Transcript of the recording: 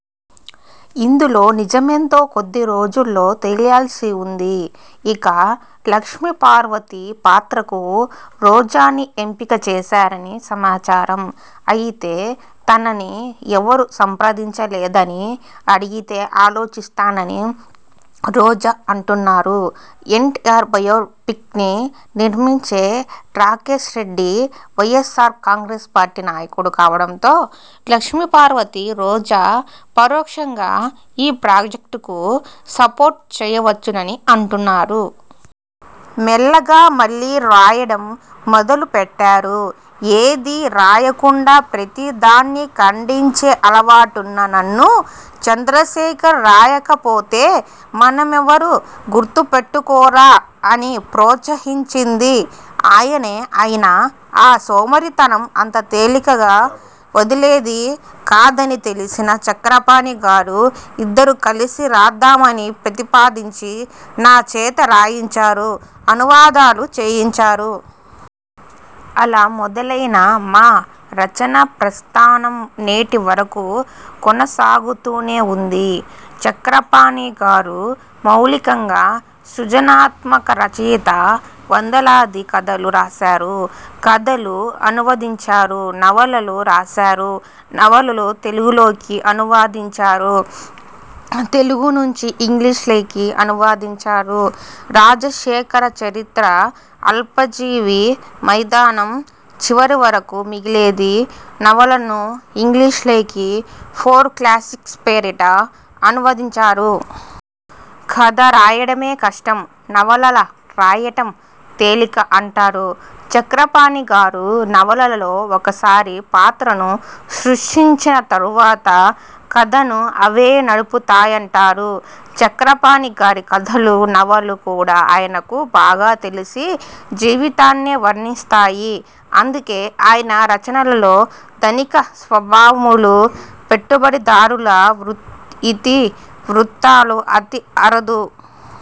ఇందులో నిజమెంతో కొద్ది రోజుల్లో తెలియాల్సి ఉంది. ఇక లక్ష్మీపార్వతి పాత్రకు రోజాని ఎంపిక చేశారని సమాచారం. అయితే తనని ఎవరూ సంప్రదించలేదని, అడిగితే ఆలోచిస్తానని రోజా అంటున్నారు. ఎన్టీఆర్ బయోపిక్ని నిర్మించే రాకేశ్రెడ్డి వైఎస్సార్ కాంగ్రెస్ పార్టీ నాయకుడు కావడంతో లక్ష్మీపార్వతి, రోజా పరోక్షంగా ఈ ప్రాజెక్ట్కు సపోర్ట్ చేయవచ్చని అంటున్నారు. మెల్లగా మళ్లీ రాయడం మొదలుపెట్టారు. ఏదీ రాయకుండా ప్రతిదాన్నీ ఖండించే అలవాటున్న నన్ను 'చంద్రశేఖర్! రాయకపోతే మననెవరూ గుర్తుపెటుకోర'ని ప్రోత్సహించింది ఆయనే. అయినా నా సోమరితనం అంత తేలికగా వదిలేది కాదని తెలిసిన చక్రపాణి గారు ఇద్దరం కలిసి రాద్దామని ప్రతిపాదించి నా చేత రాయించారు, అనువాదాలు చేయించారు. అలా మొదలైన మా రచనా ప్రస్థానం నేటివరకూ కొనసాగుతూనే ఉంది. చక్రపాణి గారు మౌలికంగా సృజనాత్మక రచయిత. వందలాది కథలు రాశారు, కథలు అనువాదించారు. నవలలు రాశారు, నవలలు తెలుగులోకి అనువాదించారు. తెలుగు నుంచి ఇంగ్లీషులోకీ అనువదించారు. 'రాజశేఖర చరిత్ర', 'అల్పజీవి', 'మైదానం', 'చివరకు మిగిలేది' నవలలను ఇంగ్లీషులేకి ఫోర్ క్లాసిక్స్ పేరిట అనువదించారు. కథ రాయడమే కష్టం, నవలల రాయడం తేలిక అంటారు చక్రపాణి గారు. నవలలలో ఒకసారి పాత్రలను సృష్టించిన తర్వాత కథను అవే నడుపుతాయంటారు. చక్రపాణి గారి కథలూ, నవలూ కూడా ఆయనకు బాగా తెలిసిన జీవితాన్నే వర్ణిస్తాయి. అందుకే ఆయన రచనల్లో ధనిక భూస్వాములూ, పెట్టుబడిదారుల ఇతివృత్తాలు అతి అరుదు.